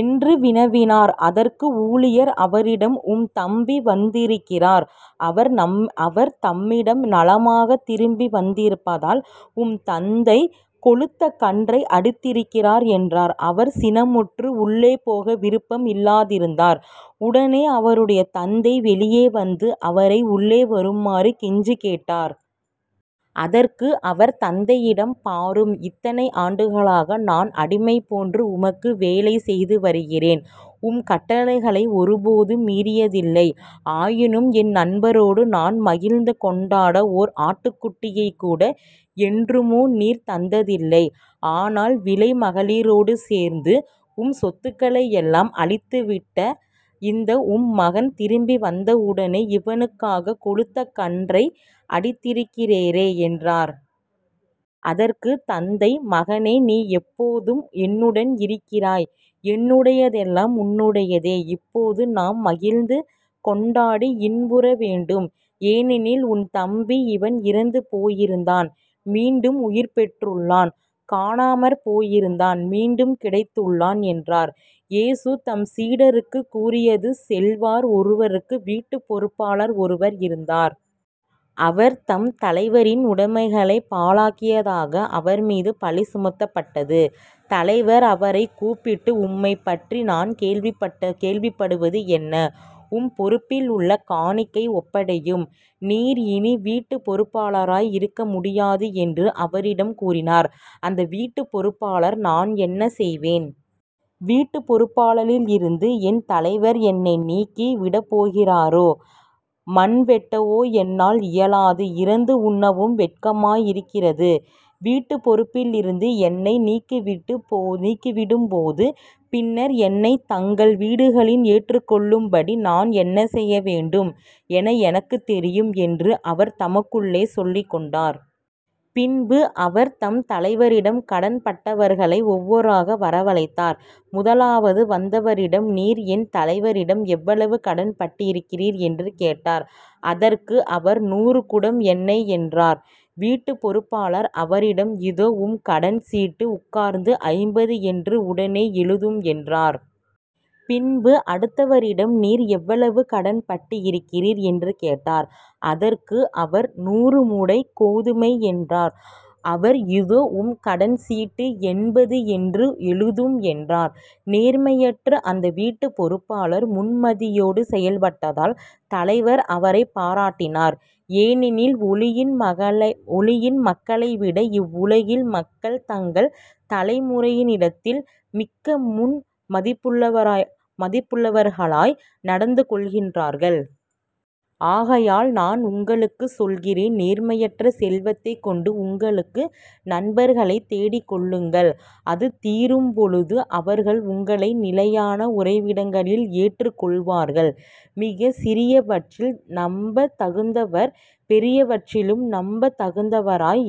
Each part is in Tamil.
என்று வினவினார். அதற்கு ஊழியர் அவரிடம் உம் தம்பி வந்திருக்கிறார். அவர் நம் தம்மிடம் நலமாகத் திரும்பி வந்திருப்பதால் உம் தந்தை கொழுத்த கன்றை அடித்திருக்கிறார் என்றார். அவர் சினமுற்று உள்ளே போக விருப்பம் இல்லாதிருந்தார். உடனே அவருடைய தந்தை வெளியே வந்து அவரை உள்ளே வருமாறு கெஞ்சிக் கேட்டார். அதற்கு அவர் தந்தையிடம் பாரும் இத்தனை ஆண்டுகளாக நான் அடிமைபோன்று உமக்கு வேலை செய்துவருகிறேன். உம் கட்டளைகளை ஒருபோதும் மீறியதில்லை. ஆயினும் என் நண்பரோடு நான் மகிழ்ந்துகொண்டாட ஓர் ஆட்டுக்குட்டியைக்கூட என்றுமோ நீர் தந்ததில்லை. ஆனால் விலைமகளிரோடு சேர்ந்து உம் சொத்துகளையெல்லாம் அழித்துவிட்ட இந்த உம் மகன் திரும்பி வந்தவுடனே இவனுக்காகக் கொழுத்த கன்றை அடித்திருக்கிறீரே என்றார். அதற்குத் தந்தை மகனே நீ எப்போதும் என்னுடன் இருக்கிறாய் என்னுடையதெல்லாம் உன்னுடையதே. இப்போது நாம் மகிழ்ந்துகொண்டாடி இன்புற வேண்டும். ஏனெனில் உன் தம்பி இவன் இறந்து போயிருந்தான் மீண்டும் உயிர்பெற்றுள்ளான். காணாமற்போயிருந்தான் மீண்டும் கிடைத்துள்ளான் என்றார். இயேசு தம் சீடருக்குக் கூறியது செல்வர் ஒருவருக்கு வீட்டுப் பொறுப்பாளர் ஒருவர் இருந்தார். அவர் தம் தலைவரின் உடைமைகளைப் பாழாக்கியதாக அவர்மீது பழி சுமத்தப்பட்டது. தலைவர் அவரைக் கூப்பிட்டு உம்மைப்பற்றி நான் கேள்விப்பட்ட கேள்விப்படுவது என்ன? உம் பொறுப்பிலுள்ள கணக்கை ஒப்படையும். நீர் இனி வீட்டுப் பொறுப்பாளராய் இருக்க முடியாது என்று அவரிடம் கூறினார். அந்த வீட்டுப் பொறுப்பாளர் நான் என்ன செய்வேன்? வீட்டுப் பொறுப்பாளரில்லிருந்து என் தலைவர் என்னை நீக்கி விடப்போகிறாரே. மண்வெட்டவோ என்னால் இயலாது இரந்து உண்ணவும் வெட்கமாய் இருக்கிறது. வீட்டுப் பொறுப்பிலிருந்து என்னை நீக்கிவிடும் போது பிறர் என்னைத் தங்கள் வீடுகளில் ஏற்றுக்கொள்ளும்படி நான் என்ன செய்யவேண்டும் என எனக்குத் தெரியும் என்று அவர் தமக்குள்ளே சொல்லிக்கொண்டார். பின்பு அவர் தம் தலைவரிடம் கடன்பட்டவர்களை ஒவ்வொராக வரவழைத்தார். முதலாவது வந்தவரிடம் நீர் என் தலைவரிடம் எவ்வளவு கடன்பட்டிருக்கிறீர்? என்று கேட்டார். அதற்கு அவர் நூறு குடம் எண்ணெய் என்றார். வீட்டுப் பொறுப்பாளர் அவரிடம் இதோ உம் கடன் சீட்டு உட்கார்ந்து ஐம்பது என்று உடனே எழுதும் என்றார். பின்பு அடுத்தவரிடம் நீர் எவ்வளவு கடன்பட்டிருக்கிறீர்? என்று கேட்டார். அதற்கு அவர் நூறு மூடை கோதுமை என்றார். அவர் இதோ உம் கடன் சீட்டு எண்பது என்று எழுதும் என்றார். நேர்மையற்ற அந்த வீட்டுப் பொறுப்பாளர் முன்மதியோடு செயல்பட்டதால் தலைவர் அவரைப் பாராட்டினார். ஏனெனில் ஒளியின் மக்களைவிட இவ்வுலகின் மக்கள் தங்கள் தலைமுறையினிடத்தில் மிக்க முன்மதியுள்ளவர்களாய் நடந்துகொள்ளுகிறார்கள். ஆகையால் நான் உங்களுக்குச் சொல்கிறேன் நேர்மையற்ற செல்வத்தைக்கொண்டு உங்களுக்கு நண்பர்களைத் தேடிக்கொள்ளுங்கள். அது தீரும்பொழுது அவர்கள் உங்களை நிலையான உறைவிடங்களில் ஏற்றுக் கொள்வார்கள். மிகச் சிறியவற்றில் நம்பத் தகுந்தவர் பெரியவற்றிலும் நம்பத் தகுந்தவராய்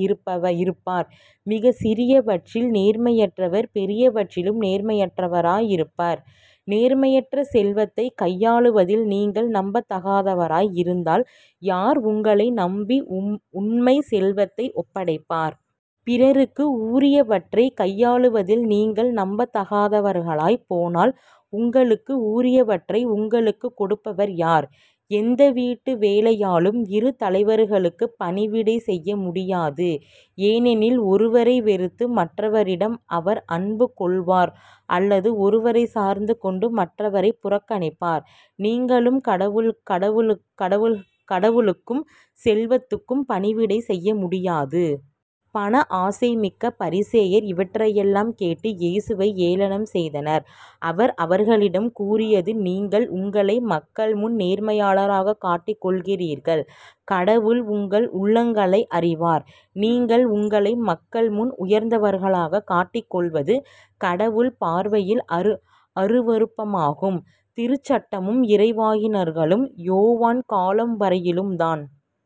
இருப்பார். மிகச் சிறியவற்றில் நேர்மையற்றவர் பெரியவற்றிலும் நேர்மையற்றவராய் இருப்பவர் இருப்பார். நேர்மையற்ற செல்வத்தைக் கையாளுவதில் நீங்கள் நம்பத்தகாதவராய் இருந்தால் யார் உங்களை நம்பி உண்மைச் செல்வத்தை ஒப்படைப்பார்? பிறருக்கு உரியவற்றைக் கையாளுவதில் நீங்கள் நம்பத்தகாதவர்களாய்ப் போனால் உங்களுக்கு உரியவற்றை உங்களுக்குக் கொடுப்பவர் யார்? எந்த வீட்டு வேலையாளும் இரு தலைவர்களுக்குப் பணிவிடை செய்யமுடியாது ஏனெனில் ஒருவரை வெறுத்து மற்றவரிடம் அவர் அன்பு கொள்வார் அல்லது ஒருவரைச் சார்ந்து கொண்டு மற்றவரைப் புறக்கணிப்பார். நீங்கள் கடவுளுக்கும் செல்வத்துக்கும் பணிவிடை செய்யமுடியாது. பண ஆசைமிக்க பரிசேயர் இவற்றையெல்லாம் கேட்டு இயேசுவை ஏளனம் செய்தனர். அவர் அவர்களிடம் கூறியது நீங்கள் உங்களை மக்கள்முன் நேர்மையாளராகக் காட்டிக் கொள்கிறீர்கள். கடவுள் உங்கள் உள்ளங்களை அறிவார். நீங்கள் உங்களை மக்கள்முன் உயர்ந்தவர்களாகக் காட்டிக் கொள்வது கடவுள் பார்வையில் அருவருப்பாகும். திருச்சட்டமும் இறைவாக்கினர்களும் யோவான் காலம் வரையிலும் தான்.